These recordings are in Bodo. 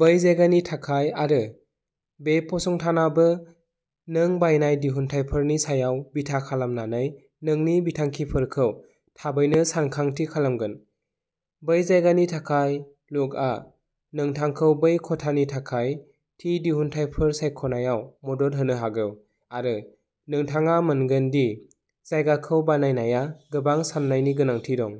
बै जायगानि थाखाय, आरो बे फसंथानाबो नों बायनाय दिहुनथायफोरनि सायाव बिथा खालामनानै नोंनि बिथांखिफोरखौ थाबैनो सानथांखि खालामगोन। बै जायगानि थाखाय लुकआ नोंथांखौ बै खथानि थाखाय थि दिहुनथायफोर सायख'नायाव मदद होनो हागौ, आरो नोंथाङा मोनगोन दि जायगाखौ बानायनाया गोबां साननायनि गोनांथि दं।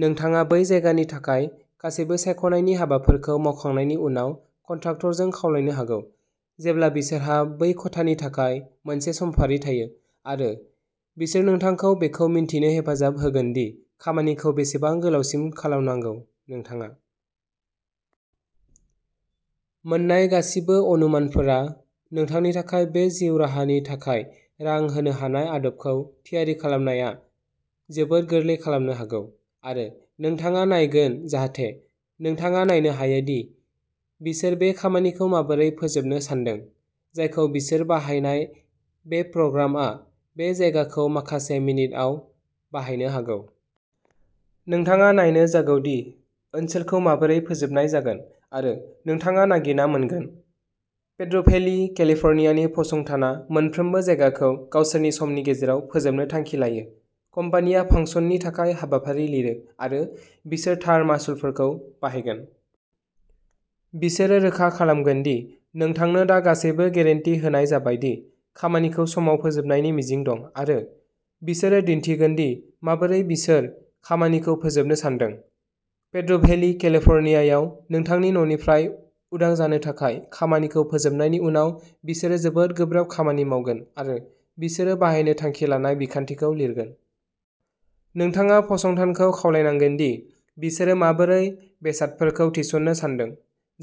नोंथाङा बै जायगानि थाखाय गासैबो सायख'नायनि हाबाफोरखौ मावखांनायनि उनाव कन्ट्राक्टरखौ खावलायनो हागौ, जेब्ला बिसोरहा बै खथानि थाखाय मोनसे समफारि थायो, आरो बिसोर नोंथांखौ बेखौ मिन्थिनो हेफाजाब होगोन दि खामानिखौ बेसेबां गोलावसिन खालामनांगौ। नोंथाङा मोन्नाय गासिबो अनुमानफोरा नोंथांनि थाखाय बे जिउ राहानि थाखाय रां होनो हानाय आदबखौ थियारि खालामनाया जोबोद गोरलै खालामनो हागौ, आरो नोंथाङा नायगोन जाहाथे नोंथाङा नायनो हायो दि बिसोर बे खामानिखौ माबोरै फोजोबनो सानदों, जायखौ बिसोर बाहायनाय बे प्रग्रामआ बे जायगाखौ माखासे मिनिटआव बानायनो हागौ। नोंथाङा नायनो जागौ दि ओनसोलखौ माबोरै फोजोबनाय जागोन, आरो नोंथाङा नागिरना मोनगोन। पेद्र'भेलि, केलिफर्नियानि फसंथाना मोनफ्रोमबो जायगाखौ गावसोरनि समनि गेजेराव फोजोबनो थांखि लायो। कम्पानिया फांसननि थाखाय हाबाफारि लिरो, आरो बिसोर थार मासुलफोरखौ बाहायगोन। बिसोरो रोखा खालामगोन दि नोंथांनो दा गासैबो गेरेन्टि होनाय जाबाय दि खामानिखौ समाव फोजोबनायनि मिजिं दं, आरो बिसोरो दिन्थिगोन दि माबोरै बिसोर खामानिखौ फोजोबनो सानदों। पेद्र'भेलि, केलिफर्नियायाव नोंथांनि न'निफ्राय उदां जानो थाखाय खामानिखौ फोजोबनायनि उनाव बिसोरो जोबोद गोब्राब खामानि मावगोन, आरो बिसोरो बाहायनो थांखि लानाय बिखान्थिखौ लिरगोन। नोंथाङा फसंथानखौ खावलायनांगोन दि बिसोरो माबोरै बेसादफोरखौ थिसननो सानदों,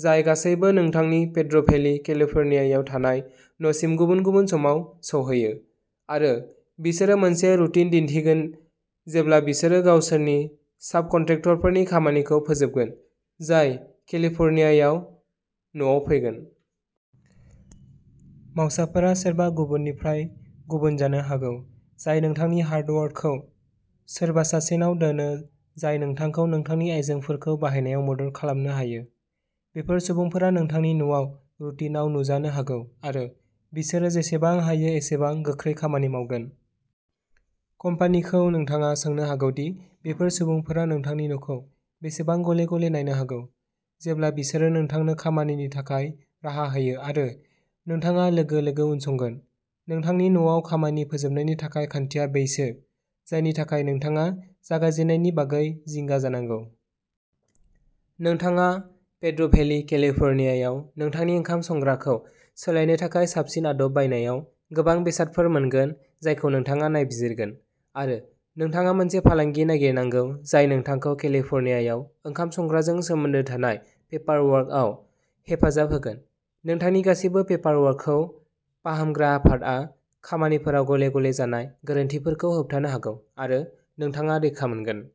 जाय गासैबो नोंथांनि पेद्र'भेलि, केलिफर्नियायाव थानाय न'सिम गुबुन-गुबुन समाव सौहैयो, आरो बिसोरो मोनसे रुटिन दिन्थिगोन जेब्ला बिसोरो गावसोरनि साबकन्ट्रेक्टरफोरनि खामानिखौ फोजोबगोन, जाय केलिफर्नियायाव न'आव फैगोन। मावसाफोरा सोरबा गुबुननिफ्राय गुबुन जानो हागौ। जाय नोंथांनि हार्डवर्डखौ सोरबा सासेनाव दोनो जाय नोंथांखौ नोंथांनि आयजेंफोरखौ बाहायनायाव मदद खालामनो हायो। बेफोर सुबुंफोरा नोंथांनि न'आव रुटिनआव नुजानो हागौ, आरो बिसोरो जेसेबां हायो एसेबां गोख्रै खामानि मावगोन। कम्पानिखौ नोंथाङा सोंनो हागौ दि बेफोर सुबुंफोरा नोंथांनि न'खौ बेसेबां गले-गले नायनो हागौ, जेब्ला बिसोरो नोंथांनो खामानिनि थाखाय राहा होयो आरो नोंथाङा लोगो-लोगो उनसंगोन। नोंथांनि न'आव खामानि फोजोबनायनि थाखाय खान्थिया बैसो जायनि थाखाय नोंथाङा जागायजेन्नायनि बागै जिंगा जानांगौ। नोंथाङा पेद्र'भेलि, केलिफर्नियायाव नोंथांनि ओंखाम संग्राखौ सोलायनो थाखाय साबसिन आदब बायनायाव गोबां बेसादफोर मोनगोन जायखौ नोंथाङा नायबिजिरगोन, आरो नोंथाङा मोनसे फालांगि नागिरनांगौ जाय नोंथांखौ केलिफर्नियायाव ओंखाम संग्राजों सोमोन्दो थानाय पेपारवर्कआव हेफाजाब होगोन। नोंथांनि गासिबो पेपारवर्कखौ फाहामग्रा आफादआ खामानिफोराव गले-गले जानाय गोरोन्थिफोरखौ होबथानो हागौ, आरो नोंथाङा रैखा मोनगोन।